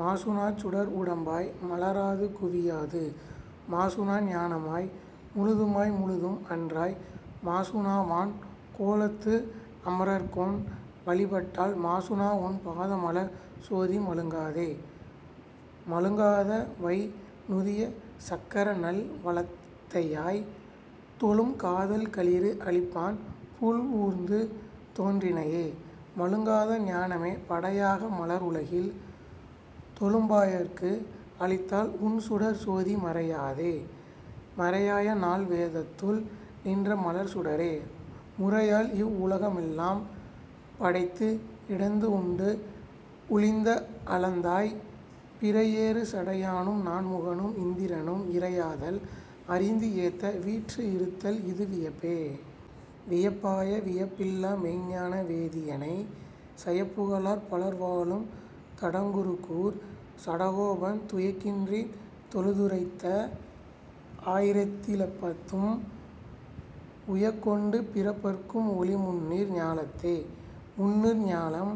மாசூணாச் சுடருடம்பாய் மலராது குவியாது, மாசூணா ஞானமாய் முழுதுமாய் முழுதியன்றாய், மாசூணா வான்கோலத் தமரர்க்கோன் வழிபட்டால், மாசூணா உன்பாத மலர்சோதி மழுங்காதே?.. மழுங்காத வைந்நுதிய சக்கரநல் வலத்தையாய், தொழுங்காதல் களிறளிப்பான் புள்ளூர்ந்து தோன்றினையே, மழுங்காத ஞானமே படையாக, மலருலகில் தொழும்பாயார்க் களித்தாலுன் சுடர்ச்சோதி மறையாதே?.. மறையாய நால்வேதத் துள்நின்ற மலர்சுடரே, முறையாலிவ் வுலகெல்லாம் படைத்திடந்துண் டுமிழ்ந்தளந்தாய், பிறையேறு சடையானும் நான்முகனும் இந்திரனும் இறையாதல் அறிந்தேத்த வீற்றிருத்தல் இதுவியப்பே?. வியப்பாய வியப்பில்லா மெய்ஞ்ஞான வேதியனை, சயப்புகழார் பலர்வாழும் தடங்குருகூர் சடகோபன், துயக்கின்றித் தொழுதுரைத்த ஆயிரத்து ளிப்பத்தும், உயக்கொண்டு பிறப்பறுக்கும் ஒலிமுந்நீர் ஞாலத்தே. முந்நீர் ஞாலம்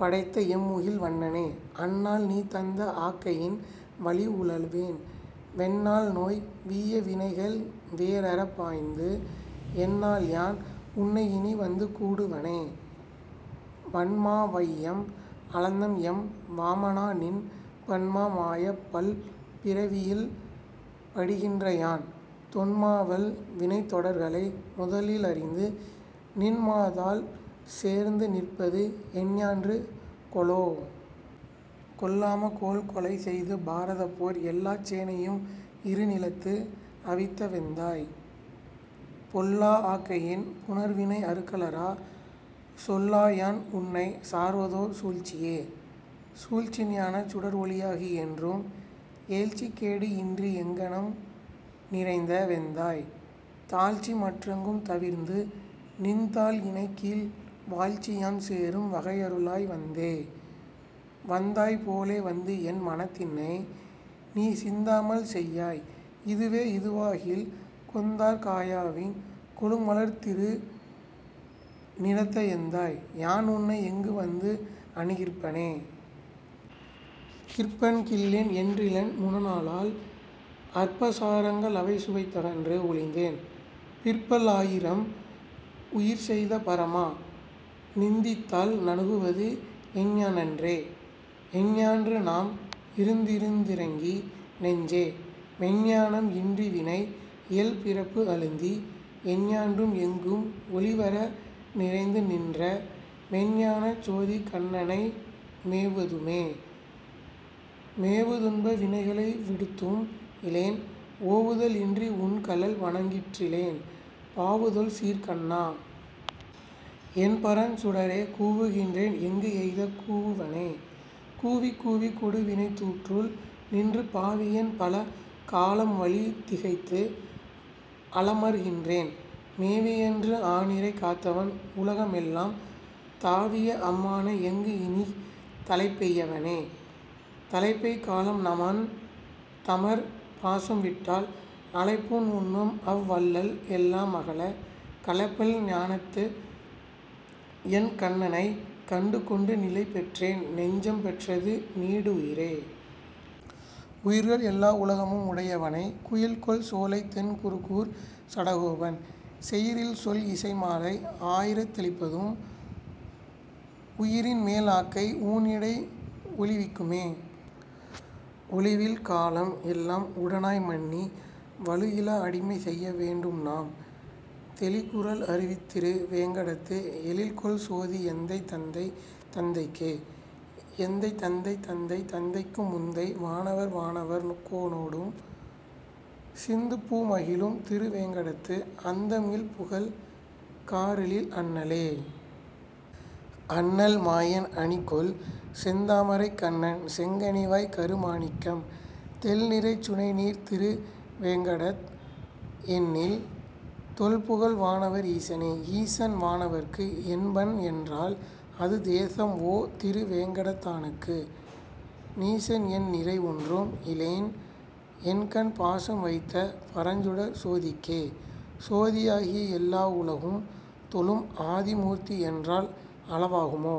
படைத்தவெம் முகில்வண்ணனே, அந்நாள்நீ தந்த ஆக்கையின் வழியுழல்வேன், வெந்நாள்நோய் வீய வினைகளைவேர் அறப்பாய்ந்து, எந்நாள்யான் உன்னை இனிவந்து கூடுவனே?.. வன்மா வையம் அளந்த எம் வாமனா, நின் பன்மா மாயப் பல்பிறவியில் படிகின்றயான், தொன்மா வல்வினைத் தொடர்களை முதலரிந்து, நின்மாதாள் சேர்ந்து நிற்பதெஞ் ஞான்றுகொலோ?.. கொல்லா மாக்கோல் கொலைசெய்து பாரதப்போர், எல்லாச் சேனையும் இருநிலத் தவித்தவெந்தாய், பொல்லா ஆக்கையின் புணர்வினை அறுக்கலறா, சொல்லாய்யா னுன்னைச் சார்வதோர் சூழ்ச்சியே... சூழ்ச்சி ஞானச் சுடரொளி யாகி, என்றும் ஏழ்ச்சிக்கே டின்றி எங்கணும் நிறைந்தவெந்தாய், தாழ்ச்சிமற் றெங்கும் தவிர்ந்துநின் தாளிணக்கீழ் வாழ்ச்சி, யான் சேரும் வகையருளாய் வந்தே... வந்தாய்போ லேவந்தும் என்மனத் தினைநீ, சிந்தாமல் செய்யாய் இதுவே யிதுவாகில், கொந்தார்க்கா யாவின் கொழுமலர்த் திருநிறத்த எந்தாய், யா னுன்னை எங்குவந் தணுகிற்பனே?.. கிற்பன் கில்லேன் என்றிலன் முனநாளால், அற்பசா ரங்கள் அவைசுவைத் தகன்றொழிந்தேன், பற்பல் லாயிரம் உயிர்செய்த பரமா, நின் தித்தாள் நணுகுவ தெஞ்ஞான்றே?.. எஞ்ஞான்று நாமிருந் திருந்திரங்கி நெஞ்சே. மெய்ஞ்ஞான மின்றி வினையியல் பிறப்பழுந்தி, எஞ்ஞான்றும் எங்கும் ஒழிவற நிறைந்துநின்ற, மெய்ஞ்ஞானச் சோதிக் கண்ணனை மேவுதுமே?.. மேவு துன்ப வினைகளை விடுத்துமிலேன், ஓவுத லின்றி உன்கழல் வணங்கிற்றிலேன், பாவுதொல் சீர்க்கண்ணா. என் பரஞ்சுடரே, கூவுகின்றேன் எங்கொய்தக் கூவுவனே?.. கூவிக்கூவிக் கொடுவினைத் தூற்றுள் நின்று பாவியேன் பலகாலம் வழிதிகைத் தலமர்க்கின்றேன், மேவியன் றாநிரை காத்தவ னுலகமெல்லாம், தாவிய அம்மானை எங்கினித் தலைப்பெய்வனே?.. தலைப்பெய் காலம் நமன்தமர் பாசம்விட்டால், அலைப்பூ ணுண்ணுமவ் வல்லலெல் லாமகல, கலைப்பல் ஞானத்தென் கண்ணனைக் கண்டுகொண்டு, நிலைப்பெற்றென் னெஞ்சம் பெற்றது நீடுயிரே.. உயிர்க ளெல்லா உலகமு முடையவனை, குயில்கொள் சோலைத் தென்குருகூர்ச் சடகோபன், செயிரில்சொல் இசைமாலை ஆயிரத்து ளிப்பத்தும், உயிரின்மே லாக்கை ஊனிடை ஒழிவிக்குமே. ஒழிவில் காலமெல்லாம் உடனாய் மன்னி, வழுவிலா அடிமை செய்ய வேண்டும்நாம், தெழிகு ரல்அரு வித்திரு வேங்கடத்து, எழில்கொள் சோதி எந்தைதந்தை தந்தைக்கே. எந்தை தந்தை தந்தை தந்தைக்கும் முந்தை, வானவர் வானவர் கோனொடும், சிந்துபூ மகிழும் திருவேங் கடத்து, அந்த மில்புகழ்க் காரெழில் அண்ணலே.. அண்ணல் மாயன் அணிகொள்செந் தாமரைக் கண்ணன், செங்கனி வாய்க்கரு மாணிக்கம், தெண்ணி றைச்சுனை நீர்த்திரு வேங்கடத்து, எண்ணில் தொல்புகழ் வானவ ரீசனே.. ஈசன் வானவர்க் கென்பனென் றால், அது தேச மோதிரு வேங்கடத் தானுக்கு?, நீச னென்நிறை வொன்றுமி லேன், என்கண் பாசம் வைத்த பரஞ்சுடர்ச் சோதிக்கே.. சோதி யாகியெல் லாவுல கும்தொழும், ஆதி மூர்த்தியென் றாலள வாகுமோ?,